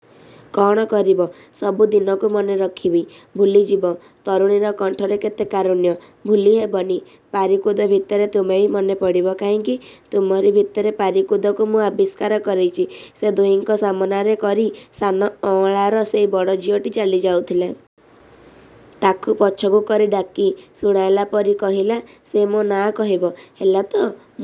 ' 'କଣ କରିବ? ' 'ସବୁ ଦିନକୁ ମନେରଖିବି। ' 'ଭୁଲିଯିବ! ତରୁଣୀର କଣ୍ଠରେ କେତେ କାରୁଣ୍ୟ! 'ଭୁଲି ହେବନି'। ପାରିକୁଦ ଭିତରେ ତୁମେବି ମନେପଡ଼ିବ। 'କାହିଁକି? ' 'ତୁମରି ଭିତରେ ପାରିକୁଦକୁ ମୁଁ ଆବିଷ୍କାର କରିଛି। ' ସେ ଦୁହିଙ୍କ ସାମନାରେ କରି ସାନ ଅଁଳାର ସେଇ ବଡ଼ ଝିଅଟି ଚାଲି ଯାଉଥିଲା। ତାକୁ ପଛକୁ କରି ଡାକି, ଶୁଣାଇଲା ପରି କହିଲା, 'ସେ ମୋ ନାଁ କହିବ। ହେଲାତ?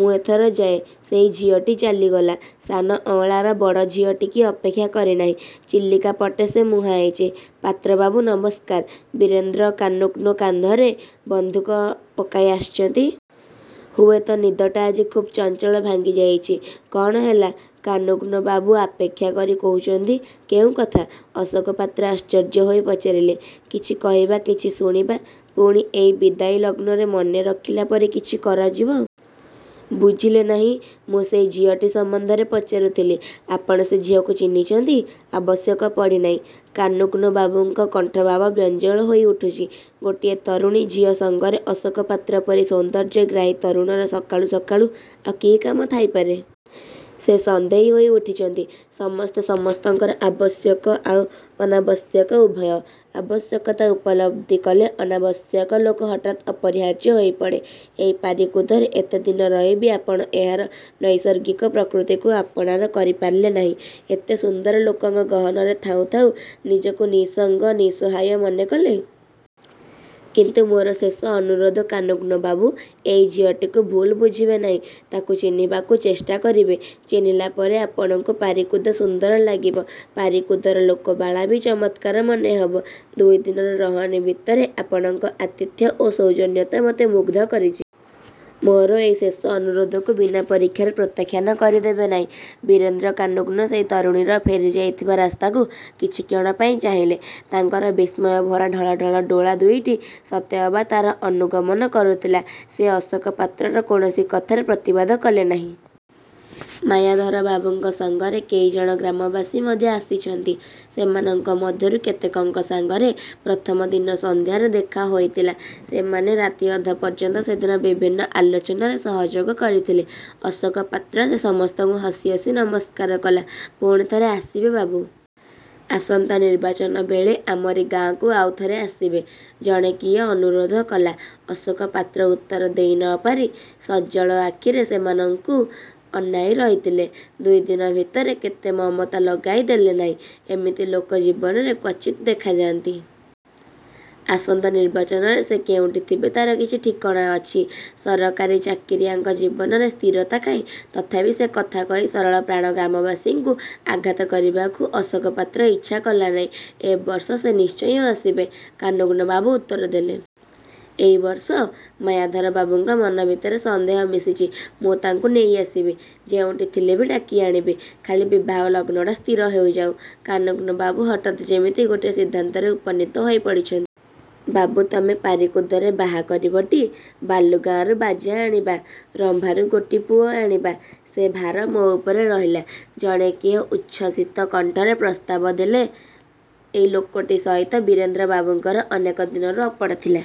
ମୁଁ ଏଥର ଯାଏଁ। ' ସେଇ ଝିଅଟି ଚାଲିଗଲା। 'ସାନ ଅଁଳା'ର ବଡ଼ ଝିଅଟିକି ଅପେକ୍ଷା କରିନାହିଁ। ଚିଲିକା ପଟେ ସେ ମୁହାଁଇଛି। 'ପାତ୍ର ବାବୁ ନମସ୍କାର! ' ବୀରେନ୍ଦ୍ର କାନୁନ୍ଗୋ କାନ୍ଧରେ ବନ୍ଧୁକ ପକାଇ ଆସିଛନ୍ତି। ହୁଏତ ନିଦଟା ଆଜି ଖୁବ୍ ଚଞ୍ଚଳ ଭାଙ୍ଗି ଯାଇଛି। 'କଣ ହେଲା? ' କାନୁନ୍ଗୋ ବାବୁ ଆକ୍ଷେପ କରି କହୁଛନ୍ତି। 'କେଉଁ କଥା? ' ଅଶୋକ ପାତ୍ର ଆଶ୍ଚର୍ଯ୍ୟ ହୋଇ ପଚାରିଲେ। 'କିଛି କହିବା, କିଛି ଶୁଣିବା। ପୁଣି ଏଇ ବିଦାୟୀ ଲଗ୍ନରେ ମନେରଖିଲା ପରି କିଛି କରିଯିବ। ବୁଝିଲେ ନାହିଁ? ମୁଁ ସେଇ ଝିଅଟି ସମ୍ବନ୍ଧରେ ପଚାରୁଥିଲି! ' 'ଆପଣ ସେ ଝିଅକୁ ଚିହ୍ନିଛନ୍ତି? ' 'ଆବଶ୍ୟକ ପଡ଼ିନାହିଁ। ' କାନୁନ୍ଗୋ ବାବୁଙ୍କ କଣ୍ଠ ଭାବ ବ୍ୟଞ୍ଜଳ ହୋଇ ଉଠିଛି। ଗୋଟିଏ ତରୁଣୀ ଝିଅ ସଙ୍ଗରେ ଅଶୋକ ପାତ୍ର ପରି ସୌନ୍ଦର୍ଯ୍ୟଗ୍ରାହୀ ତରୁଣର ସକାଳୁ, ସକାଳୁ ଆଉ କି କାମ ଥାଇପାରେ? ସେ ସନ୍ଦେହୀ ହୋଇ ଉଠିଛନ୍ତି। 'ସମସ୍ତେ ସମସ୍ତଙ୍କର ଆବଶ୍ୟକ ଆଉ ଅନାବଶ୍ୟକ ଉଭୟ। ଆବଶ୍ୟକତା ଉପଲବ୍ଧି କଲେ ଅନାବଶ୍ୟକ ଲୋକ ହଠାତ୍ ଅପରିହାର୍ଯ୍ୟ ହୋଇପଡ଼େ। ଏଇ ପାରିକୁଦରେ ଏତେଦିନ ରହି ବି ଆପଣ ଏହାର ନୈସର୍ଗିକ ପ୍ରକୃତିକୁ ଆପଣାର କରିପାରିଲେ ନାହିଁ। ଏତେ ସୁନ୍ଦର ଲୋକଙ୍କ ଗହନରେ ଥାଉଁ ଥାଉଁ, ନିଜକୁ ନିଃସଙ୍ଗ, ନିଃସହାୟ ମନେକଲେ। କିନ୍ତୁ ମୋର ଶେଷ ଅନୁରୋଧ କାନୁନ୍ଗୋ ବାବୁ, ଏଇ ଝିଅଟିକୁ ଭୁଲ ବୁଝିବେ ନାହିଁ। ତାକୁ ଚିହ୍ନିବାକୁ ଚେଷ୍ଟା କରିବେ। ଚିହ୍ନିଲା ପରେ ଆପଣଙ୍କୁ ପାରିକୁଦ ସୁନ୍ଦର ଲାଗିବ। ପାରିକୁଦର ଲୋକବାଳ ବି ଚମତ୍କାର ମନେହେବେ। ଦୁଇଦିନର ରହଣି ଭିତରେ ଆପଣଙ୍କ ଆତିଥ୍ୟ ଓ ସୌଜନ୍ୟତା ମୋତେ ମୁଗ୍ଧ କରିଛି। ମୋର ଏହି ଶେଷ ଅନୁରୋଧକୁ ବିନା ପରୀକ୍ଷାରେ ପ୍ରତ୍ୟାଖାନ କରିଦେବେ ନାହିଁ। ' ବୀରେନ୍ଦ୍ର କାନୁନ୍ଗୋ ସେହି ତରୁଣୀର ଫେରିଯାଇଥିବା ରାସ୍ତାକୁ କିଛିକ୍ଷଣ ପାଇଁ ଚାହିଁଲେ। ତାଙ୍କର ବିସ୍ମୟଭରା ଢଳଢ଼ଳ ଡୋଳା ଦୁଇଟି ସତେ ଅବା ତାର ଅନୁଗମନ କରୁଥିଲା। ସେ ଅଶୋକ ପାତ୍ରର କୌଣସି କଥାରେ ପ୍ରତିବାଦ କଲେ ନାହିଁ। ମାୟାଧର ବାବୁଙ୍କ ସଙ୍ଗରେ କେଇଜଣ ଗ୍ରାମବାସୀ ମଧ୍ୟ ଆସିଛନ୍ତି। ସେମାନଙ୍କ ମଧ୍ୟରୁ କେତେକଙ୍କ ସାଙ୍ଗରେ ପ୍ରଥମ ଦିନ ସନ୍ଧ୍ୟାରେ ଦେଖା ହୋଇଥିଲା। ସେମାନେ ରାତିଅଧ ପର୍ଯ୍ୟନ୍ତ ସେଦିନ ବିଭିନ୍ନ ଆଲୋଚନାରେ ସହଯୋଗ କରିଥିଲେ। ଅଶୋକ ପାତ୍ର ସେ ସମସ୍ତଙ୍କୁ ହସି ହସି ନମସ୍କାର କଲା। 'ପୁଣିଥରେ ଆସିବେ ବାବୁ! ଆସନ୍ତା ନିର୍ବାଚନ ବେଳେ ଆମରି ଗାଁକୁ ଆଉଥରେ ଆସିବେ। ' ଜଣେ କିଏ ଅନୁରୋଧ କଲା। ଅଶୋକ ପାତ୍ର ଉତ୍ତର ଦେଇ ନ ପାରି ସଜଳ ଆଖିରେ ସେମାନଙ୍କୁ ଅନାଇଁ ରହିଥିଲେ-। ଦୁଇଦିନ ଭିତରେ କେତେ ମମତା ଲଗାଇ ଦେଲେ ନାହିଁ! ଏମିତି ଲୋକ ଜୀବନରେ କ୍ୱଚିତ୍ ଦେଖାଯାନ୍ତି। ଆସନ୍ତା ନିର୍ବାଚନରେ ସେ କେଉଁଠି ଥିବ ତାର କିଛି ଠିକଣା ଅଛି? ସରକାରୀ ଚାକିରିଆଙ୍କ ଜୀବନରେ ସ୍ଥିରତା କାହିଁ? ତଥାପି ସେ କଥା କହି ସରଳ ପ୍ରାଣ ଗ୍ରାମବାସୀଙ୍କୁ ଆଘାତ କରିବାକୁ ଅଶୋକ ପାତ୍ର ଇଚ୍ଛା କଲାନାହିଁ। 'ଏ ବର୍ଷ ସେ ନିଶ୍ଚୟ ଆସିବେ। ' କାନୁନ୍ଗୋ ବାବୁ ଉତ୍ତର ଦେଲେ। 'ଏଇ ବର୍ଷ? ' ମାୟାଧର ବାବୁଙ୍କ ମନ ଭିତରେ ସନ୍ଦେହ ମିଶିଛି। 'ମୁଁ ତାଙ୍କୁ ନେଇ ଆସିବି। ଯେଉଁଠି ଥିଲେ ବି ଡାକି ଆଣିବି। ଖାଲି ବିବାହ ଲଗ୍ନଟା ସ୍ଥିର ହୋଇଯାଉ। ' କାନୁନ୍ଗୋ ବାବୁ ହଠାତ୍ ଯେମିତି ଗୋଟିଏ ସିଦ୍ଧାନ୍ତରେ ଉପନୀତ ହୋଇ ପଡ଼ିଛନ୍ତି। 'ବାବୁ ତମେ ପାରିକୁଦରେ ବାହା କରିବଟି? ବାଲୁଗାଁରୁ ବାଜା ଆଣିବା। ରମ୍ଭାରୁ ଗୋଟିପୁଅ ଆଣିବା। ସେ ଭାର ମୋ ଉପରେ ରହିଲା। ' ଜଣେ କିଏ ଉଚ୍ଛ୍ୱସିତ କଣ୍ଠରେ ପ୍ରସ୍ତାବ ଦେଲେ। 'ଏଇ ଲୋକଟି ସହିତ ବୀରେନ୍ଦ୍ର ବାବୁଙ୍କର ଅନେକ ଦିନରୁ ଅପଡ଼ ଥିଲା।